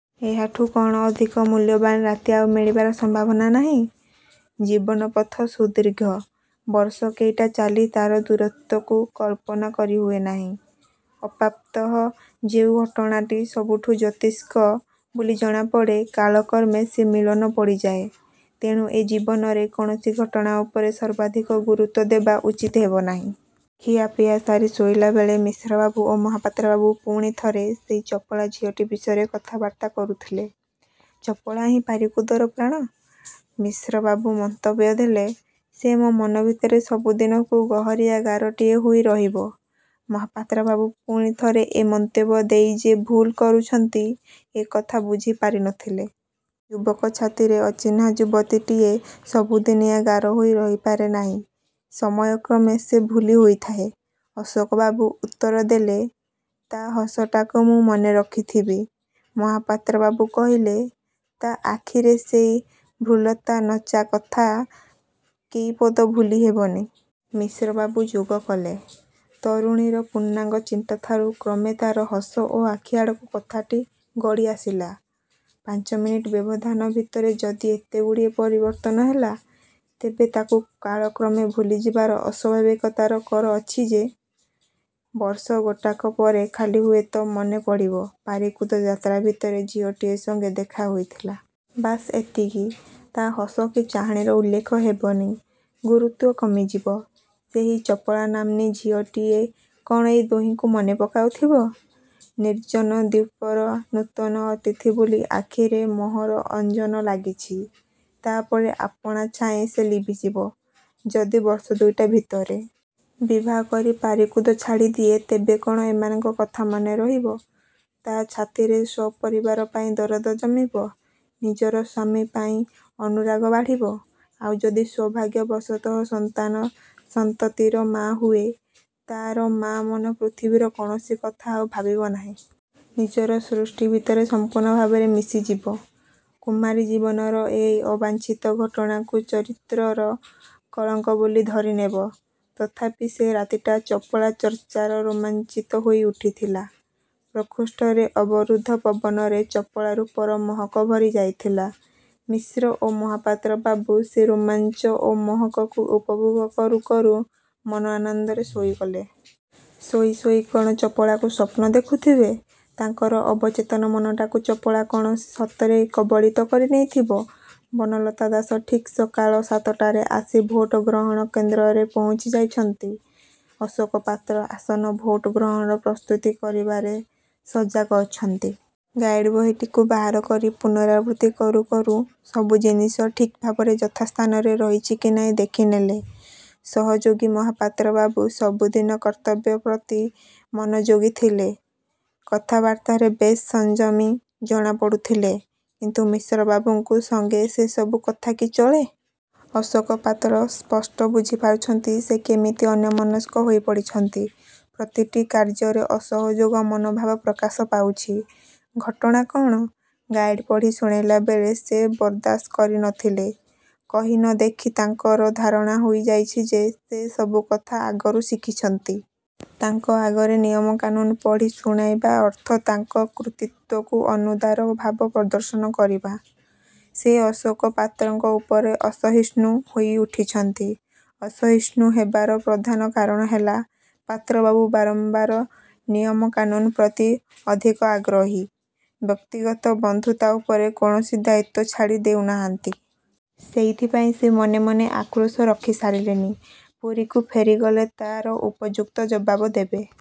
ଏହାଠୁ କଣ ଅଧିକ ମୂଲ୍ୟବାନ ରାତି ଆଉ ମିଳିବାର ସମ୍ଭାବନା ନାହିଁ? ଜୀବନ ପଥ ସୁଦୀର୍ଘ। ବର୍ଷ କେଇଟା ଚାଲି ତାର ଦୂରତ୍ୱକୁ କଳ୍ପନା କରିହୁଏ ନାହିଁ। ଆପାତତଃ ଯେଉଁ ଘଟଣାଟି ସବୁଠୁ ଜ୍ୟୋତିଷ୍କ ବୋଲି ଜଣାପଡ଼େ, କାଳକ୍ରମେ ସେ ମିଳନ ପଡ଼ିଯାଏ। ତେଣୁ ଏ ଜୀବନରେ କୌଣସି ଘଟଣା ଉପରେ ସର୍ବାଧିକ ଗୁରୁତ୍ୱ ଦେବା ଉଚିତ ହେବ ନାହିଁ। ଖିଆପିଆ ସାରି ଶୋଇଲାବେଳେ ମିଶ୍ରବାବୁ ଓ ମହାପାତ୍ର ବାବୁ ପୁଣି ଥରେ ସେହି 'ଚପଳା' ଝିଅଟି ବିଷୟରେ କଥାବର୍ତ୍ତା କରୁଥିଲେ। ଚପଳା ହିଁ ପାରିକୁଦର ପ୍ରାଣ! ମିଶ୍ରବାବୁ ମନ୍ତବ୍ୟ ଦେଲେ। ସେ ମୋ' ମନଭିତରେ ସବୁଦିନକୁ ଗହୀରିଆ ଗାରଟିଏ ହୋଇ ରହିବ। ମହାପାତ୍ର ବାବୁ ପୁଣି ଥରେ ଏ ମନ୍ତବ୍ୟ ଦେଇ ଯେ ଭୁଲ କରୁଛନ୍ତି, ଏକଥା ବୁଝିପାରି ନ ଥିଲେ। ଯୁବକ ଛାତିରେ ଅଚିହ୍ନା ଯୁବତୀଟିଏ ସବୁଦିନିଆ ଗାର ହୋଇ ରହିପାରେ ନାହିଁ। ସମୟ କ୍ରମେ ସେ ଭୁଲି ହୋଇଯାଏ। ଅଶୋକ ବାବୁ ଉତ୍ତର ଦେଲେ। ତା' ହସଟାକୁ ମୁଁ ମନେ ରଖିଥିବି। ମହାପାତ୍ର ବାବୁ କହିଲେ। 'ତା' ଆଖିରେ ସେହି ଭ୍ରୁଲତା-ନଚା-କଥା କେଇପଦ ଭୁଲି ହେବନି'। ମିଶ୍ରବାବୁ ଯୋଗ କଲେ। ତରୁଣୀର ପୂର୍ଣ୍ଣାଙ୍ଗ ଚିନ୍ତାଠାରୁ କ୍ରମେ ତାର ହସ ଓ ଆଖି ଆଡ଼କୁ କଥାଟି ଗଡ଼ିଆସିଲା। ପାଞ୍ଚମିନିଟ ବ୍ୟବଧାନ ଭିତରେ ଯଦି ଏତେଗୁଡ଼ିଏ ପରିବର୍ତ୍ତନ ହେଲା, ତେବେ ତାକୁ କାଳକ୍ରମେ ଭୁଲି ଯିବାରେ ଅସ୍ୱାଭାବିକତା କର ଅଛି ଯେ? ବର୍ଷ ଗୋଟାକ ପରେ ଖାଲି ହୁଏତ ମନେ ପଡ଼ିବ, ପାରିକୁଦ ଯାତ୍ରା ଭିତରେ ଝିଅଟିଏ ସଙ୍ଗେ ଦେଖା ହୋଇଥିଲା। ବାସ୍ ଏତିକି। ତା' ହସ କି ଚାହାଣୀର ଉଲ୍ଲେଖ ହେବନି। ଗୁରୁତ୍ୱ କମିଯିବ। ସେହି ଚପଳାନାମ୍ନୀ ଝିଅଟିଏ କଣ ଏ ଦୁହିଙ୍କୁ ମନେ ପକାଉଥିବ? ନିର୍ଜନ ଦ୍ୱୀପର ନୂତନ ଅତିଥି ବୋଲି ଆଖିରେ ମୋହର ଅଞ୍ଜନ ଲାଗିଛି। ତା'ପରେ ଆପଣା ଛାଏଁ ସେ ଲିଭିଯିବ। ଯଦି ବର୍ଷ ଦୁଇଟା ଭିତରେ। ବିବାହ କରି ପାରିକୁଦ ଛାଡ଼ିଦିଏ, ତେବେ କଣ ଏମାନଙ୍କ କଥା ମନେ ରହିବ। ତା' ଛାତିରେ ସ୍ୱପରିବାର ପାଇଁ ଦରଦ ଜମିବ। ନିଜର ସ୍ୱାମୀ ପାଇଁ ଅନୁରାଗ ବାଢ଼ିବ। ଆଉ ଯଦି ସୌଭାଗ୍ୟ ବଶତଃ ସନ୍ତାନ ସନ୍ତତିର ମାତା ହୁଏ? ତାର ମାଆ ମନ ପୃଥିବୀର କୌଣସି କଥା ଆଉ ଭାବିବ ନାହିଁ। ନିଜର ସୃଷ୍ଟି ଭିତରେ ସମ୍ପୂର୍ଣ୍ଣ ଭାବରେ ମିଶିଯିବ। କୁମାରୀ ଜୀବନର ଏ ଅବାଞ୍ଛିତ ଘଟଣାକୁ ଚରିତ୍ରର କଳଙ୍କ ବୋଲି ଧରିନେବ। ତଥାପି ସେ ରାତିଟା 'ଚପଳା' ଚର୍ଚ୍ଚାରେ ରୋମାଞ୍ଚିତ ହୋଇ ଉଠିଥିଲା। ପ୍ରକୋଷ୍ଠର ଅବରୁଦ୍ଧ ପବନରେ ଚପଳା ରୂପର ମହକ ଭରି ଯାଇଥିଲା। ମିଶ୍ର ଓ ମହାପାତ୍ର ବାବୁ ସେ ରୋମାଞ୍ଚ ଓ ମହକକୁ ଉପଭୋଗ କରୁ, କରୁ ମନ ଆନନ୍ଦରେ ଶୋଇଗଲେ। ଶୋଇ ଶୋଇ କଣ ଚପଳାକୁ ସ୍ୱପ୍ନ ଦେଖୁଥିବେ? ତାଙ୍କର ଅବଚେତନ ମନଟାକୁ ଚପଳା କଣ ସତରେ କବଳିତ କରି ନେଇଥିବ? ବନଲତା ଦାସ ଠିକ୍ ସକାଳ ସାତଟାରେ ଆସି ଭୋଟ ଗ୍ରହଣ କେନ୍ଦ୍ରରେ ପହୁଞ୍ଚି ଯାଇଛନ୍ତି। ଅଶୋକ ପାତ୍ର ଆସନ୍ନ ଭୋଟ ଗ୍ରହଣର ପ୍ରସ୍ତୁତି କରିବାରେ ସଜାଗ ଅଛନ୍ତି। 'ଗାଇଡ଼୍' ବହିଟିକୁ ବାହାର କରି ପୁନରାବୃତ୍ତି କରୁଁ କରୁଁ ସବୁ ଜିନିଷ ଠିକ୍ ଭାବରେ ଯଥା ସ୍ଥାନରେ ରହିଛି କି ନାହିଁ ଦେଖିନେଲେ। ସହଯୋଗୀ ମହାପାତ୍ର ବାବୁ ସବୁଦିନ କର୍ତ୍ତବ୍ୟ ପ୍ରତି ମନଯୋଗୀ ଥିଲେ। କଥା ବାର୍ତ୍ତାରେ ବେଶ୍ ସଂଯମୀ ଜଣା ପଡ଼ୁଥିଲେ। କିନ୍ତୁ ମିଶ୍ରବାବୁଙ୍କ ସଙ୍ଗେ ସେ ସବୁ କଥା କି ଚଳେ? ଅଶୋକ ପାତ୍ର ସ୍ପଷ୍ଟ ବୁଝି ପାରୁଛନ୍ତି ସେ କେମିତି ଅନ୍ୟମନସ୍କ ହୋଇ ପଡ଼ିଛନ୍ତି। ପ୍ରତିଟି କାର୍ଯ୍ୟରେ ଅସହଯୋଗ ମନୋଭାବ ପ୍ରକାଶ ପାଉଛି। ଘଟଣା କଣ? ଗାଇଡ଼୍ ପଢ଼ି ଶୁଣାଇଲା ବେଳେ ସେ ବରଦାସ୍ତ କରି ନ ଥିଲେ। କହି ନ ଦେଖି ତାଙ୍କର ଧାରଣା ହୋଇ ଯାଇଛି ଯେ ସେ ସବୁକଥା ଆଗରୁ ଶିଖିଛନ୍ତି। ତାଙ୍କ ଆଗରେ ନିୟମ କାନୁନ୍ ପଢ଼ି ଶୁଣାଇବା ଅର୍ଥ ତାଙ୍କର କୃତିତ୍ୱକୁ ଅନୁଦାର ଭାବ ପ୍ରଦର୍ଶନ କରିବା। ସେ ଅଶୋକ ପାତ୍ରଙ୍କ ଉପରେ ଅସହିଷ୍ଣୁ ହୋଇ ଉଠିଛନ୍ତି। ଅସହିଷ୍ଣୁ ହେବାର ପ୍ରଧାନ କାରଣ ହେଲା। ପାତ୍ରବାବୁ ବାରମ୍ବାର ନିୟମ କାନୁନ୍ ପ୍ରତି ଅଧିକ ଆଗ୍ରହୀ। ବ୍ୟକ୍ତିଗତ ବନ୍ଧୁତା ଉପରେ କୌଣସି ଦାୟିତ୍ୱ ଛାଡ଼ି ଦେଉନାହାନ୍ତି। ସେଇଥିପାଇଁ ସେ ମନେ ମନେ ଆକ୍ରୋଶ ରଖି ସାରିଲେଣି। ପୁରୀକୁ ଫେରି ଗଲେ ତାର ଉପଯୁକ୍ତ ଜବାବ ଦେବେ।